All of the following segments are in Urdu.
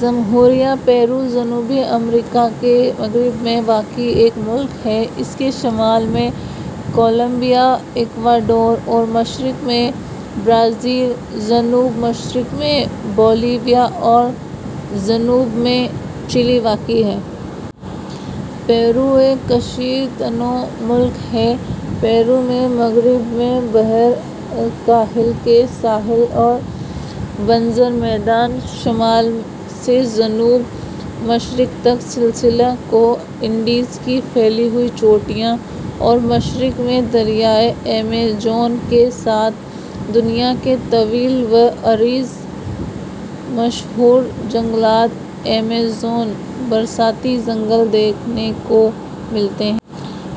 جمہوریہ پیرو جنوبی امریکا کے مغرب میں واقع ایک ملک ہے۔ اس کے شمال میں کولمبیا ، ایکواڈور اور مشرق میں برازیل ، جنوب مشرق میں بولیویا اور جنوب میں چلی واقع ہے۔ پیرو ایک کثیر التنوع ملک ہے پیرو میں مغرب میں بحر الکاہل کے ساحل اور بنجر میدان، شمال سے جنوب مشرق تک سلسلہ کوہ انڈیز کی پھیلی ہوئی چوٹیاں اور مشرق میں دریائے ایمیزون کے ساتھ دنیا کے طویل وعریض مشہور جنگلات ایمیزون برساتی جنگل دیکھنے کو ملتے ہیں۔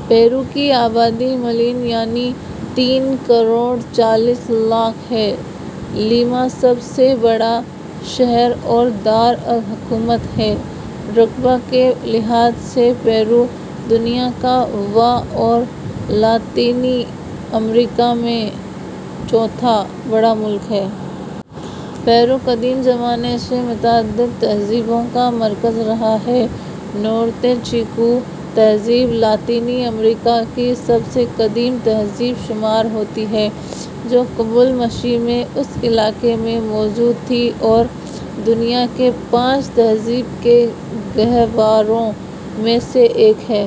پیرو کی آبادی ملین یعنی تین کروڑ چالیس لاکھ ہے، لیما سب سے بڑا شہر اور دار الحکومت ہے رقبہ کے لحاظ سے پیرو دنیا کا واں اور لاطینی امریکہ میں چوتھا بڑا ملک ہے۔ پیرو قدیم زمانے سے متعدد تہذیبوں کا مرکز رہا ہے۔ نورتے چیکو تہذیب لاطینی امریکا کی سب سے قدیم تہذیب شمار ہوتی ہے جو قبل مسیح میں اس علاقے میں موجود تھی اور دنیا کے پانچ تہذیب کے گہواروں میں سے ایک ہے۔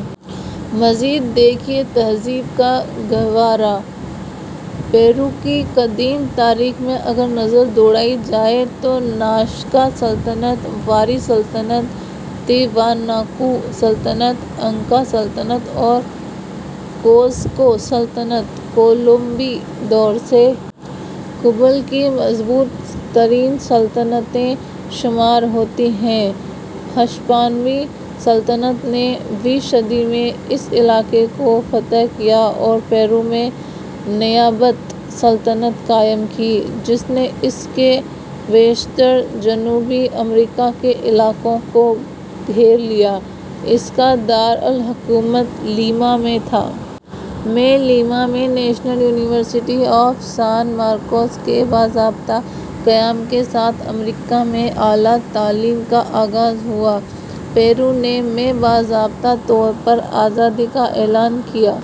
مزید دیکھیے تہذیب کا گہوارہ ۔ پیرو کی قدیم تاریخ میں اگر نظر دوڑائی جائے تو ناسکا سلطنت ، واری سلطنت ، تیواناکو سلطنت ، انکا سلطنت اور کوزکو سلطنت کولومبی دور سے قبل کی مضبوط ترین سلطنتیں شمار ہوتی ہیں ہسپانوی سلطنت نے ویں صدی میں اس علاقے کو فتح کیا اور پیرو میں نیابت سلطنت قائم کی جس نے اس کے بیشتر جنوبی امریکا کے علاقوں کو گھیر لیا، اس کا دار الحکومت لیما میں تھا۔ میں لیما میں National University of San Marcos کے باضابطہ قیام کے ساتھ امریکا میں اعلیٰ تعلیم کا آغاز ہوا۔ پیرو نے میں باضابطہ طور پر آزادی کا اعلان کیا۔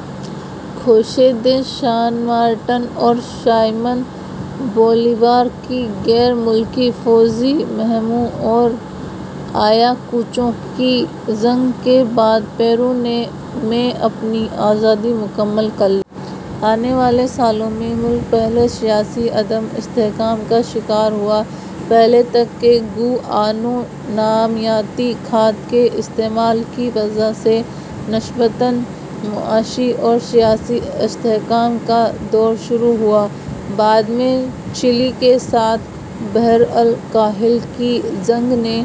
خوسے دے سان مارٹن اور سائمن بولیوار کی غیر ملکی فوجی مہموں اور آیاکوچو کی جنگ کے بعد پیرو نے میں اپنی آزادی مکمل کر لی۔ آنے والے سالوں میں، ملک پہلے سیاسی عدم استحکام کا شکار ہوا یہاں تک کہ گوآنو نامیاتی کھاد کے استعمال کی وجہ سے نسبتاً معاشی اور سیاسی استحکام کا دور شروع ہوا۔ بعد میں، چلی کے ساتھ بحرالکاہل کی جنگ نے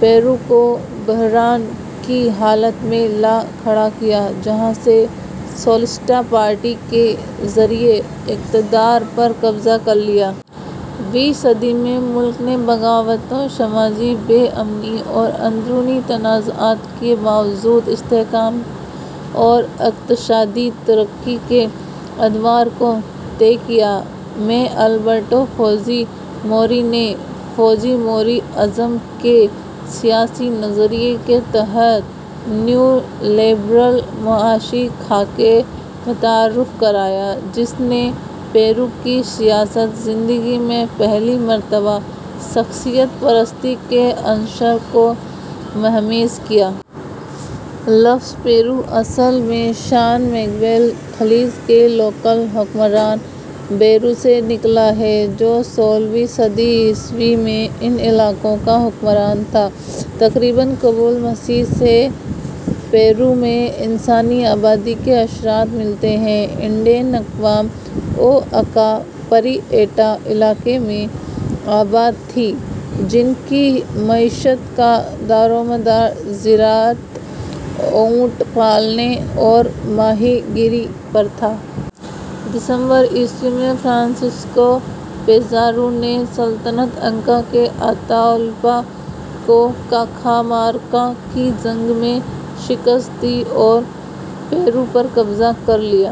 پیرو کو بحران کی حالت میں لا کھڑا کیا، جہاں سے سولسٹا پارٹی کے ذریعے اقتدار پر قبضہ کر لیا۔ ویں صدی میں، ملک نے بغاوتوں، سماجی بے امنی اور اندرونی تنازعات کے باوجود استحکام اور اقتصادی ترقی کے ادوار کو طے کیا۔ میں البرٹو فوجی موری نے فوجی موری ازم کے سیاسی نظریہ کے تحت نیو لبرل معاشی خاکہ متعارف کرایا جس نے پیرو کی سیاسی زندگی میں پہلی مرتبہ شخصیت پرستی کے عنصر کو مہمیز کیا۔ لفظ پیرو اصل میں سان میگوئل خلیج کے لوکل حکمران بیرو سے نکلا ہے جو سولہویں صدی عیسوی میں ان علاقوں کا حکمران تھا تقریباً قبل مسیح سے پیرو میں انسانی آبادی کے اثرات ملتے ہیں انڈین اقوام او اکا پری ایٹا علاقے میں آباد تھیں جن کی معیشت کا دارومدار زراعت، اونٹ پالنے اور ماہی گیری پر تھا۔ دسمبر عیسوی میں فرانسسکو پیزارو نے سلطنت انکا کے آتاوالپا کو کاخامارکا کی جنگ میں شکست دی اور پیرو پر قبضہ کر لیا۔